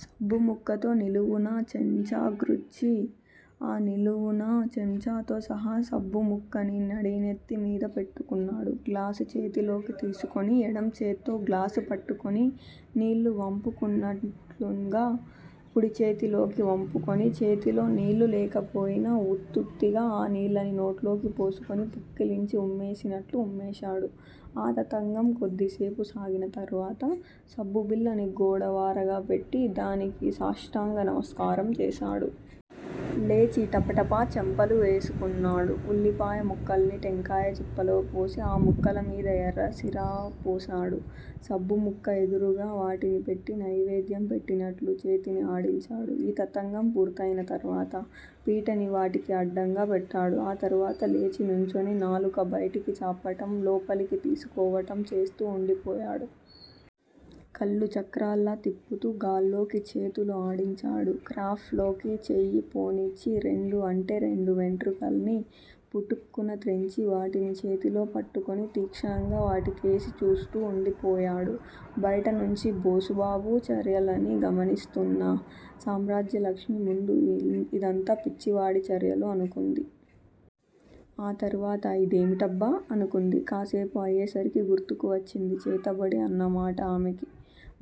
సబ్బుముక్కతో నిలువునా చెంచాగ్రుచ్చి, ఆ నిలువునా చెంచాతో సహా సబ్బు ముక్కని నడినెత్తిమీద పెట్టుకున్నాడు. గ్లాసు చేతిలోకి తీసుకొని ఎడంచేత్తో గ్లాసు పట్టుకుని నీళ్ళు వంపు కుంటున్నట్లుగా కుడిచేతిలోకి వంపుకుని, చేతిలో నీళ్లు లేకపోయినా వుత్తుత్తిగా ఆ నీళ్ళని నోట్లో పోసుకుని పుక్కిలించి ఉమ్మేసినట్లు ఉమ్మేశాడు. ఆ తతంగం కొద్దిసేపు సాగిన తరువాత, సబ్బు బిళ్ళని గోడ వారగా పెట్టి, దానికి సాష్టాంగ నమస్కారం చేశాడు. లేచి టపటపా చెంపలు వేసుకున్నాడు. ఉల్లిపాయ ముక్కల్ని టెంకాయ చిప్పలో పోసి ఆ ముక్కలమీద ఎర్రసిరా పోశాడు. సబ్బు ముక్క ఎదురుగా వాటిని పెట్టి నైవేద్యం పెట్టినట్లు చేతిని ఆడించాడు. ఈ తతంగం పూర్తయిన తరువాత. పీటని వాటికి అడ్డంగా పెట్టాడు. ఆ తరువాత లేచి నుంచొని నాలుక బయటకి చాపటం లోపలికి తీసుకోవటం చేస్తూ వుండిపోయాడు. కళ్ళు చక్రాల్లా తిప్పుతూ గాల్లోకి చేతులు ఆడించాడు. క్రాఫ్ లోకి చెయ్యి పోనిచ్చి రెండు అంటే రెండు వెంట్రుకల్ని పుటుక్కున త్రెంచి వాటిని చేతిలో పట్టుకుని తీక్షణంగా వాటికేసి చూస్తూ వుండిపోయాడు. బయట నుంచీ బోసుబాబు చర్యలని గమనిస్తూన్న సామ్రాజ్యలక్ష్మి ముందు ఇదంతా పిచ్చివాడి చర్యలు అనుకుంది. ఆ తరువాత ఇదేమిటబ్బా! అనుకుంది. కాసేపు అయ్యేసరికి గుర్తుకు వచ్చింది 'చేతబడి' అన్నమాట ఆమెకి__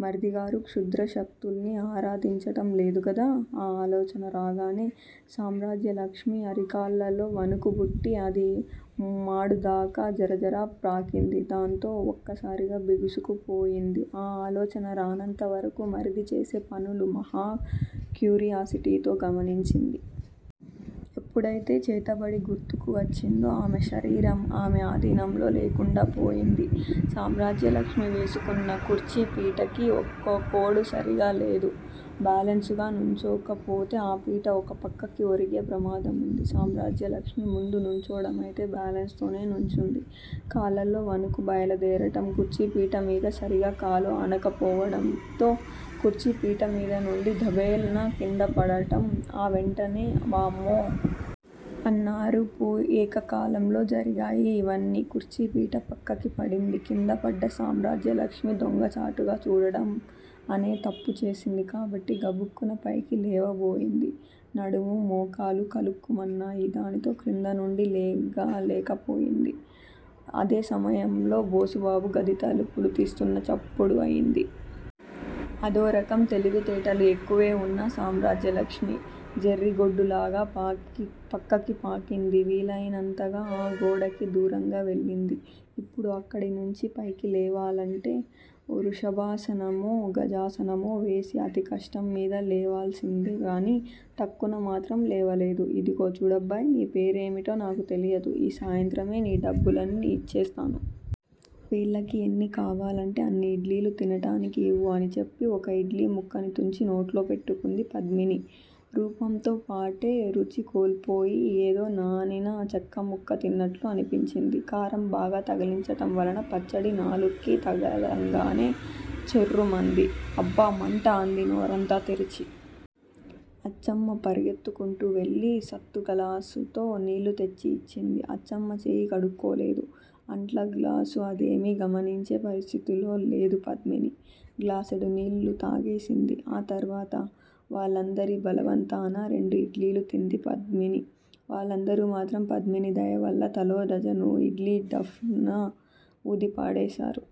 మరిదిగారు క్షుద్ర శక్తుల్ని ఆరాధించటం లేదు గదా? ఆ ఆలోచన రాగానే. సామ్రాజ్యలక్ష్మి అరికాళ్ళల్లో వణుకుపుట్టి, అది మాడుదాకా జరజరా ప్రాకింది, దాంతో ఒక్కసారిగా బిగుసుకుపోయింది. ఆ ఆలోచన రానంతవరకూ, మరిది చేసే పనులు మహా క్యూరియాసిటీతో గమనించింది. ఎప్పుడయితే 'చేతబడి' గుర్తుకు వచ్చిందో. ఆమె శరీరం ఆమె ఆధీనంలో లేకుండా పోయింది. సామ్రాజ్యలక్ష్మి వేసుకున్న కుర్చీ పీటకి ఒకకోడు సరీగా లేదు. బేలన్సుగా నుంచోకపోతే ఆ పీట ఒక పక్కకి ఒరిగే ప్రమాదముంది. సామ్రాజ్యలక్ష్మి ముందు నుంచోడమయితే బాలెన్స్ తోనే నుంచుంది. కాళ్ళల్లో వణుకు బయలుదేరటం, కుర్చీపీటమీద సరీగా కాలు ఆనకపోవడంతో, కుర్చీపీటమీద నుండీ 'దభేల్' న క్రిందపడటం ఆ వెంటనే వామ్మో! అన్న అరుపు ఏకకాలంలో జరిగాయి ఇవన్నీ. కుర్చీపీట పక్కకి పడింది. కిందపడ్డ సామ్రాజ్యలక్ష్మి దొంగచాటుగా చూడడం అనే తప్పు చేసింది కాబట్టి గబుక్కున పైకి లేవబోయింది. నడుము మోకాలూ కలుక్కుమన్నాయి. దానితో క్రిందనుండి లేగాలేకపోయింది. అదే సమయంలో బోసుబాబు గది తలుపులు తీస్తున్న చప్పుడు అయింది. అదోరకం తెలివితేటలు ఎక్కువే వున్న సామ్రాజ్యలక్ష్మి, జెర్రిగొడ్డులాగా పక్కకి పాకింది. వీలైనంతగా ఆ గోడకి దూరంగా వెళ్ళింది. ఇప్పుడు అక్కడినుంచీ పైకిలేవాలంటే వృషభాసనమో, గజాసనమో వేసి అతి కష్టం మీద లేవాల్సిందే కానీ, టక్కున మాత్రం లేవలేదు. ఇదిగో చూడబ్బాయ్! నీపేరేమిటో నాకు తెలియదు. ఈ సాయంత్రమే నీ డబ్బులన్నీ ఇచ్చేస్తాను. వీళ్ళకి ఎన్ని కావాలంటే అన్ని ఇడ్లీలు తినటానికి ఇవ్వు అని చెప్పి ఒక ఇడ్లీముక్కని తుంచి నోట్లో పెట్టుకుంది పద్మిని. రూపంతో పాటే రుచి కోల్పోయి ఏదో నానిన చెక్కముక్క తిన్నట్లు అనిపించింది. కారం బాగా తగిలించటం వలన పచ్చడి నాలుక్కి తగలంగానే చుర్రుమంది. అబ్బా మంట అంది నోరంతా తెరిచి. అచ్చమ్మ పరుగెత్తుకుంటూ వెళ్ళి సత్తుగళాసుతో నీళ్ళు తెచ్చి యిచ్చింది. అచ్చమ్మ చేయి కడుక్కోలేదు. అంట్లగ్లాసు అదేమి గమనించే పరిస్థితిలో లేదు పద్మిని. గ్లాసెడు నీళ్ళు తాగేసింది. ఆ తర్వాత__ వాళ్ళందరి బలవంతాన రెండు ఇడ్లీలు తింది పద్మిని. వాళ్ళందరూ మాత్రం పద్మిని దయవల్ల తలో డజను ఇడ్లీ ఉఫ్ న వూదిపారేశారు.